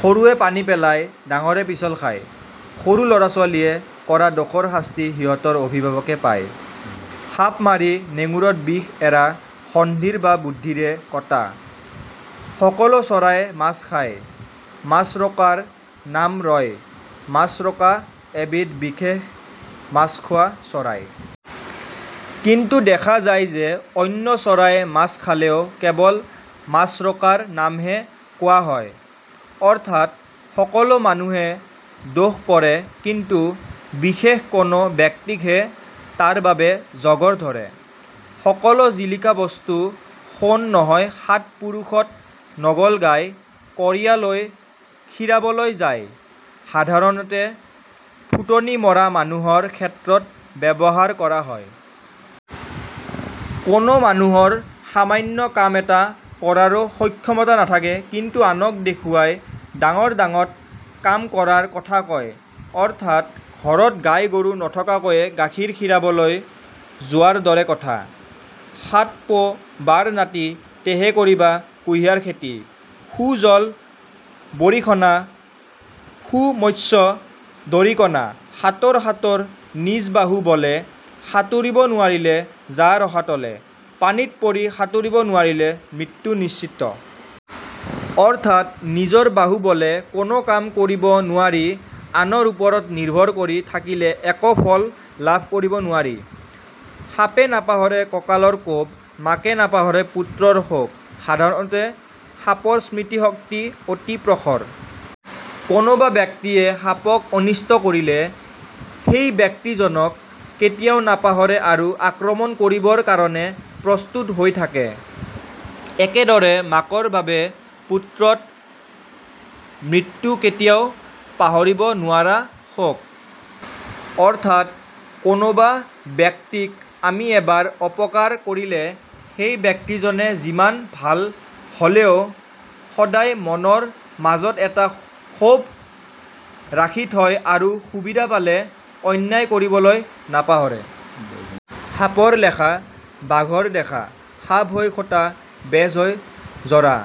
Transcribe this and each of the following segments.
সৰুৱে পানী পেলাই, ডাঙৰে পিছল খাই: সৰু লৰা-ছোৱালীৱে কৰা দোষৰ শাস্তি সিহঁতৰ অভিভাৱকে পায়। সাপ মাৰি নেগুৰত বিষ এৰা সন্ধিৰ বাহ বুদ্ধিৰে কটা সকলো চৰাইয়ে মাছ খায়, মাছৰোকাৰ নাম ৰয়: মাছৰোকা এবিধ বিশেষ মাছখোৱা চৰাই। কিন্তু দেখা যায় যে অন্য চৰায়ে মাছ খালেও কেৱল মাছৰোকাৰ নামহে কোৱা হয়। অৰ্থাৎ সকলো মানুহে দোষ কৰে কিন্তু বিশেষ কোনো ব্যক্তিকহে তাৰ বাবে জগৰ ধৰে। সকলো জিলিকা বস্তু সোণ নহয় সাত পুৰুষত নহ'ল গাই, কঁৰীয়া লৈ খীৰাবলৈ যায়: সাধাৰণতে ফুটনি মৰা মানুহৰ ক্ষেত্ৰত ব্যৱহাৰ কৰা হয়। কোনো মানুহৰ সামান্য কাম এটা কৰাৰোঁ সক্ষমতা নাথাকে কিন্তু আনক দেখুৱাই ডাঙৰ ডাঙত কাম কৰাৰ কথা কয়। অৰ্থাৎ ঘৰত গাই-গৰু নথকাকৈয়ে গাখীৰ খিৰাবলৈ যোৱাৰ দৰে কথা। সাত পো বাৰ নাতি, তেহে কৰিবা কুহিয়াৰ খেতি সু জল বৰিষণা, সু মত্স্য দৰিকণা সাতোৰ সাতোৰ নিজ বাহু বলে, সাতুৰিব নোৱাৰিলে যা ৰসাতলে: পানীত পৰি সাতোৰিব নোৱাৰিলে মৃত্যু নিশ্চিত। অৰ্থাৎ নিজৰ বাহু বলে কোনো কাম কৰিব নোৱাৰি আনৰ ওপৰত নিৰ্ভৰ কৰি থাকিলে একো ফল লাভ কৰিব নোৱাৰি। সাপে নাপাহৰে কঁকালৰ কোব, মাকে নাপাহৰে পুত্ৰৰ শোক: সাধাৰণতে সাপৰ স্মৃতি শক্তি অতি প্ৰখৰ। কোনোবা ব্যক্তিয়ে সাপক অনিষ্ট কৰিলে সেই ব্যক্তি জনক কেতিয়াও নাপাহৰে আৰু আক্ৰমণ কৰিবৰ কাৰণে প্ৰস্তুত হৈ থাকে। একেদৰে মাকৰ বাবে পুত্ৰত মৃত্যু কেতিয়াও পাহৰিব নোৱাৰা শোক। অৰ্থাৎ কোনোবা ব্যক্তিক আমি এবাৰ অপকাৰ কৰিলে সেই ব্যক্তিজনে যিমান ভাল হ'লেও সদায় মনৰ মাজত এটা ক্ষোভ ৰাখি থয় আৰু সুবিধা পালে অন্যায় কৰিবলৈ নাপাহৰে। সাপৰ লেখা, বাঘৰ দেখা সাপ হৈ খোটা, বেজ হৈ জৰা: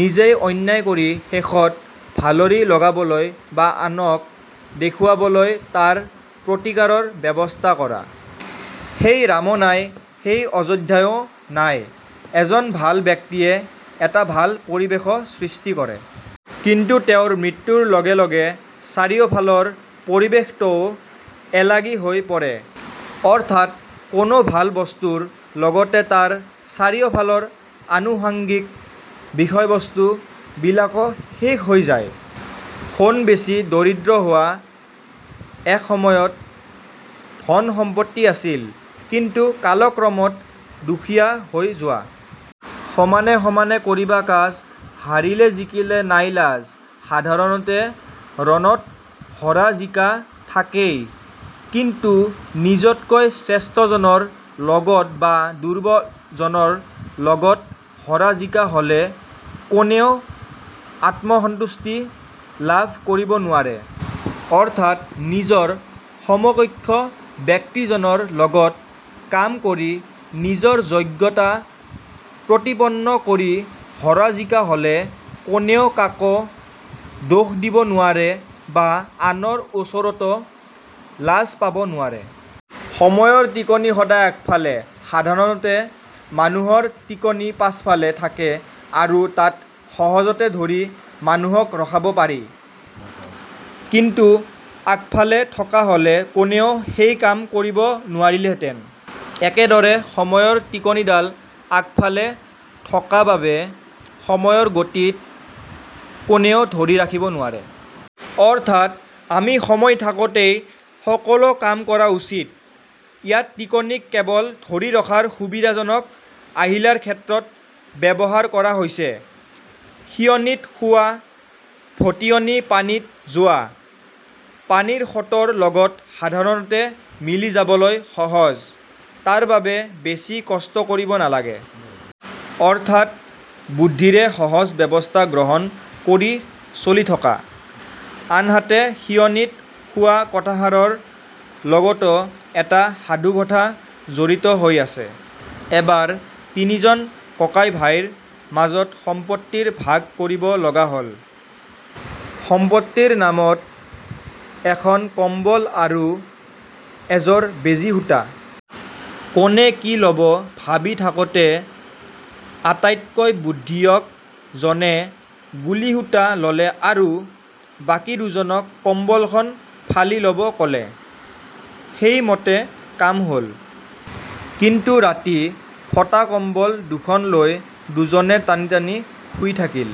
নিজেই অন্যায় কৰি শেষত ভালৰি লগাবলৈ বা আনক দেখুৱাবলৈ তাৰ প্ৰতিকাৰৰ ব্যৱস্থা কৰা। সেই ৰামো নাই, সেই অযোধ্যাও নাই: এজন ভাল ব্যক্তিয়ে এটা ভাল পৰিবেশো সৃষ্টি কৰে। কিন্তু তেওঁৰ মৃত্যুৰ লগে লগে চাৰিওফালৰ পৰিবেশটোও এলাগি হৈ পৰে। অৰ্থাৎ কোনো ভাল বস্তুৰ লগতে তাৰ চাৰিওফালৰ আনুষাঙ্গিক বিষয়বস্তু বিলাকো শেষ হৈ যায়। সোণ বেছি দৰিদ্ৰ হোৱা: এসময়ত ধণ সম্পত্তি আছিল, কিন্তু কালক্ৰমত দুখীয়া হৈ যোৱা। সমানে সমানে কৰিবা কাজ, হাৰিলে জিকিলে নাই লাজ: সাধাৰণতে ৰণত হৰা জিকা থাকেই, কিন্তু নিজতকৈ শ্ৰেষ্ঠজনৰ লগত বা দুৰ্বলজনৰ লগত হৰা জিকা হ'লে কোনেও আত্মসন্তুষ্টি লাভ কৰিব নোৱাৰে। অৰ্থাৎ নিজৰ সমকক্ষ ব্যক্তিজনৰ লগত কাম কৰি, নিজৰ যোগ্যতা প্ৰতিপন্ন কৰি হৰা জিকা হ'লে কোনেও কাকো দোষ দিব নোৱাৰে বা আনৰ ওচৰতো লাজ পাব নোৱাৰে। সময়ৰ টিকনি সদায় আগফালে: সাধাৰণতে মানুহৰ টিকনি পাছফালে থাকে আৰু তাত সহজতে ধৰি মানুহক ৰখাব পাৰি। কিন্তু আগফালে থকা হ'লে কোনেও সেই কাম কৰিব নোৱাৰিলেহেঁতেন। একেদৰে সময়ৰ টিকনিডাল আগফালে থকা বাবে সময়ৰ গতিক কোনেও ধৰি ৰাখিব নোৱাৰে। অৰ্থাৎ আমি সময় থাকোঁতেই সকলোঁ কাম কৰা উচিত। ইয়াত টিকনি-ক কেৱল ধৰি ৰখাৰ সুবিধাজনক আহিলাৰ ক্ষেত্ৰত ব্যৱহাৰ কৰা হৈছে। সিয়নীত শুৱা, ভটিয়নি পানীত যোৱা: পানীৰ সোঁতৰ লগত সাধাৰণতে মিলি যাবলৈ সহজ। তাৰ বাবে বেছি কষ্ট কৰিব নালাগে। অৰ্থাৎ বুদ্ধিৰে সহজ ব্যৱস্থা গ্ৰহণ কৰি চলি থকা। আনহাতে সিয়নীত শুৱা কথাষাৰৰ লগতো এটা সাধুকথা জড়িত হৈ আছে। এবাৰ তিনিজন ককাই-ভাইৰ মাজত সম্পত্তিৰ ভাগ কৰিব লগা হ'ল। সম্পত্তিৰ নামত এখন কম্বল আৰু এযোৰ বেজি-সূঁতা। কোনে কি ল'ব ভাবি থাকোঁতে আটাইতকৈ বুদ্ধিয়ক জনে গুলি-সূঁতা ল'লে আৰু বাকি দুজনক কম্বলখন ফালি ল'ব ক'লে। সেই মতে কাম হ'ল। কিন্তু ৰাতি ফটা কম্বল দুখন লৈ দুজনে টানি-টানি শুই থাকিল।